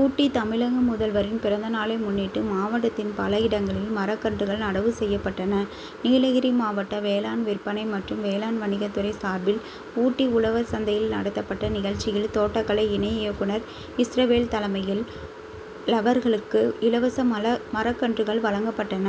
ஊட்டி தமிழக முதல்வரின் பிறந்தநாளை முன்னிட்டு மாவட்டத்தின் பல இடங்களில் மரக்கன்றுகள் நடவு செய்யப்பட்டன. நீலகிரி மாவட்ட வேளாண் விற்பனை மற்றும் வேளாண் வணிகத் துறை சார்பில் ஊட்டி உழவர் சந்தையில் நடத்தப்பட்ட நிகழ்ச்சியில் தோட்டக்கலை இணை இயக்குனர் இஸ்ரவேல் தலைமையில் ழவர்களுக்கு இலவச மரக்கன்றுகள் வழங்கப்பட்டன.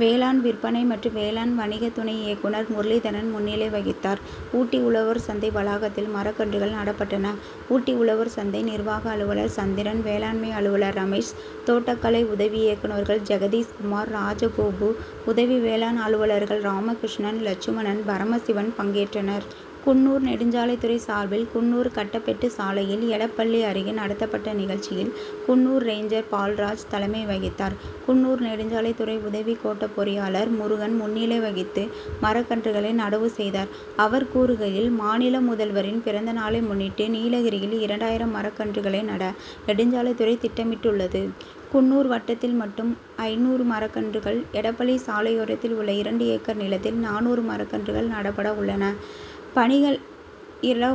வேளாண் விற்பனை மற்றும் வேளாண் வணிக துணை இயக்குனர் முரளிதரன் முன்னிலை வகித்தார். ஊட்டி உழவர் சந்தை வளாகத்தில் மரக்கன்றுகள் நடப்பட்டன. ஊட்டி உழவர் சந்தை நிர்வாக அலுவலர் சந்திரன் வேளாண்மை அலுவலர் ரமேஷ் தோட்டக்கலை உதவி இயக்குனர்கள் ஜெகதீஷ்குமார் ராஜகோபு உதவி வேளாண் அலுவலர்கள் ராமகிருஷ்ணன் லட்சுமணன் பரமசிவன் பங்கேற்றனர். குன்னூர் நெடுஞ்சாலைத் துறை சார்பில் குன்னூர் கட்டபெட்டு சாலையில் எடப்பள்ளி அருகே நடத்தப்பட்ட நிகழ்ச்சியில் குன்னூர் ரேஞ்சர் பால்ராஜ் தலைமை வகித்தார். குன்னூர் நெடுஞ்சாலைத் துறை உதவி கோட்டப் பொறியாளர் முருகன் முன்னிலை வகித்து மரக்கன்றுகளை நடவு செய்தார். அவர் கூறுகையில் மாநில முதல்வரின் பிறந்த நாளை முன்னிட்டு நீலகிரியில் இரண்டாயிரம் மரக்கன்றுகளை நட நெடுஞ்சாலைத் துறை திட்டமிட்டுள்ளது. குன்னூர் வட்டத்தில் மட்டும் ஐந்நூறு மரக்கன்றுகள் எடப்பள்ளி சாலையோரத்தில் உள்ள இரண்டு ஏக்கர் நிலத்தில் நானூறு மரக்கன்றுகள் நடப்பட உள்ளன பணிகள்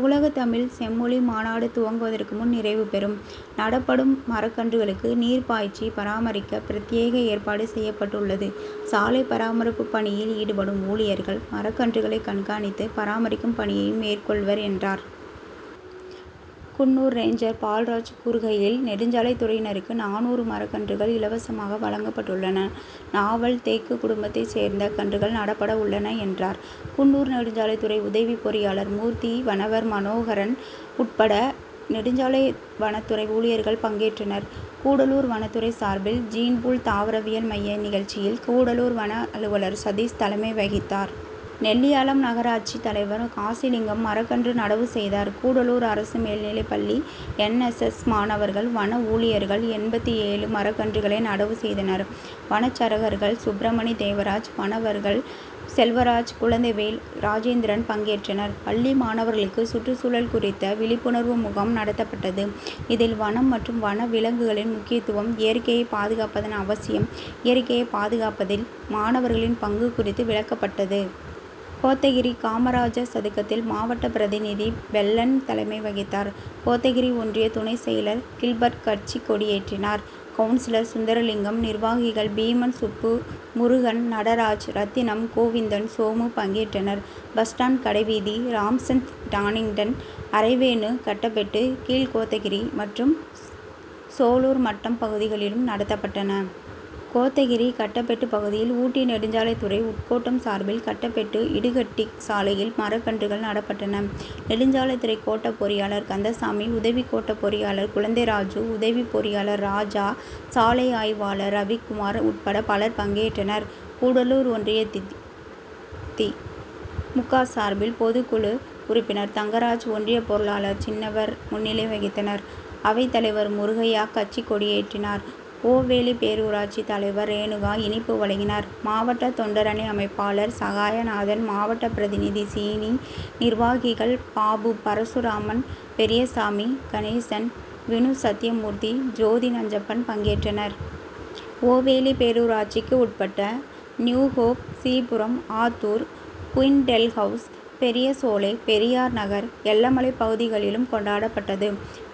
உலகத் தமிழ் செம்மொழி மாநாடு துவங்குவதற்கு முன் நிறைவு பெறும். நடப்படும் மரக்கன்றுகளுக்கு நீர் பாய்ச்சி பராமரிக்க பிரத்யேக ஏற்பாடு செய்யப்பட்டுள்ளது. சாலைப் பராமரிப்புப் பணியில் ஈடுபடும் ஊழியர்கள் மரக்கன்றுகளை கண்காணித்து பராமரிக்கும் பணியையும் மேற்கொள்வர் என்றார். குன்னூர் ரேஞ்சர் பால்ராஜ் கூறுகையில் நெடுஞ்சாலைத் துறையினருக்கு நானூறு மரக்கன்றுகள் இலவசமாக வழங்கப்பட்டுள்ளன. நாவல் தேக்கு குடும்பத்தை சேர்ந்த கன்றுகள் நடப்பட உள்ளன என்றார். குன்னூர் நெடுஞ்சாலைத் துறை உதவி பொறியாளர் மூர்த்தி வனவர் மனோகரன் உட்பட நெடுஞ்சாலை வனத்துறை ஊழியர்கள் பங்கேற்றனர். கூடலூர் வனத்துறை சார்பில் ஜீன்பூல் தாவரவியல் மைய நிகழ்ச்சியில் கூடலூர் வன அலுவலர் சதீஷ் தலைமை வகித்தார். நெல்லியாளம் நகராட்சி தலைவர் காசிலிங்கம் மரக்கன்று நடவு செய்தார். கூடலூர் அரசு மேல்நிலைப் பள்ளி என். எஸ். எஸ். மாணவர்கள் வன ஊழியர்கள் எண்பத்து ஏழு மரக் கன்றுகளை நடவு செய்தனர். வனச்சரகர்கள் சுப்ரமணி தேவராஜ் வனவர்கள் செல்வராஜ் குழந்தைவேல் ராஜேந்திரன் பங்கேற்றனர். பள்ளி மாணவர்களுக்கு சுற்றுச்சூழல் குறித்த விழிப்புணர்வு முகாம் நடத்தப்பட்டது இதில் வனம் மற்றும் வன விலங்குகளின் முக்கியத்துவம் இயற்கையை பாதுகாப்பதன் அவசியம் இயற்கையை பாதுகாப்பதில் மாணவர்களின் பங்கு குறித்து விளக்கப்பட்டது. கோத்தகிரி காமராஜர் சதுக்கத்தில் மாவட்ட பிரதிநிதி பெள்ளன் தலைமை வகித்தார். கோத்தகிரி ஒன்றிய துணை செயலர் கில்பர்ட் கட்சிக் கொடியேற்றினார். கவுன்சிலர் சுந்தரலிங்கம் நிர்வாகிகள் பீமன் சுப்பு முருகன் நடராஜ் ரத்தினம் கோவிந்தன் சோமு பங்கேற்றனர். பஸ் ஸ்டாண்ட் கடைவீதி ராம்சந்த் டானிங்டன் அரவேனு கட்டபெட்டு கீழ்கோத்தகிரி மற்றும் சோலூர்மட்டம் பகுதிகளிலும் நடத்தப்பட்டன. கோத்தகிரி கட்டபெட்டு பகுதியில் ஊட்டி நெடுஞ்சாலைத் துறை உட்கோட்டம் சார்பில் கட்பெட்டு இடுஹட்டி சாலையில் மரக்கன்றுகள் நடப்பட்டன. நெடுஞ்சாலைத் துறை கோட்ட பொறியாளர் கந்தசாமி உதவி கோட்டப் பொறியாளர் குழந்தைராஜு உதவி பொறியாளர் ராஜா சாலை ஆய்வாளர் ரவிக்குமார் உட்பட பலர் பங்கேற்றனர். கூடலூர் ஒன்றிய தி. மு. க. சார்பில் பொதுக்குழு உறுப்பினர் தங்கராஜ் ஒன்றிய பொருளாளர் சின்னவர் முன்னிலை வகித்தனர். அவைத் தலைவர் முருகையா கட்சிக் கொடியேற்றினார். ஓவேலி பேரூராட்சி தலைவர் ரேணுகா இனிப்பு வழங்கினார். மாவட்ட தொண்டரணி அமைப்பாளர் சகாயநாதன் மாவட்ட பிரதிநிதி சீனி நிர்வாகிகள் பாபு பரசுராமன் பெரியசாமி கணேசன் வினு சத்யமூர்த்தி ஜோதி நஞ்சப்பன் பங்கேற்றனர். ஓவேலி பேரூராட்சிக்கு உட்பட்ட நியூஹோப் சீபுரம் ஆத்தூர் குயிண்ட் டெல்ஹவுஸ் பெரியசோலை பெரியார் நகர் எல்லமலை பகுதிகளிலும் கொண்டாடப்பட்டது.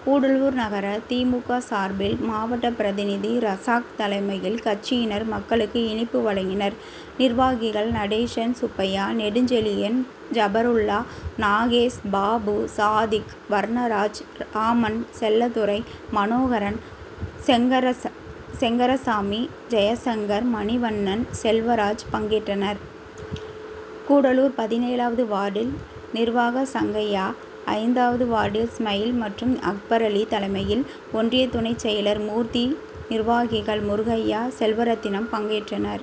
கூடலூர் நகர தி. மு. க. சார்பில் மாவட்ட பிரதிநிதி ரசாக் தலைமையில் கட்சியினர் மக்களுக்கு இனிப்பு வழங்கினர். நிர்வாகிகள் நடேசன் சுப்பையா நெடுஞ்செழியன் ஜபருல்லா நாகேஷ் பாபு சாதிக் வர்ணராஜ் ராமன் செல்லதுரை மனோகரன் செங்கரசாமி ஜெயசங்கர் மணிவண்ணன் செல்வராஜ் பங்கேற்றனர். கூடலூர் பதினேழாவது வார்டில் நிர்வாக சங்கையா ஐந்தாவது வார்டில் ஸ்மைல் மற்றும் அக்பர் அலி தலைமையில் ஒன்றிய துணை செயலர் மூர்த்தி நிர்வாகிகள் முருகையா செல்வரத்தினம் பங்கேற்றனர்.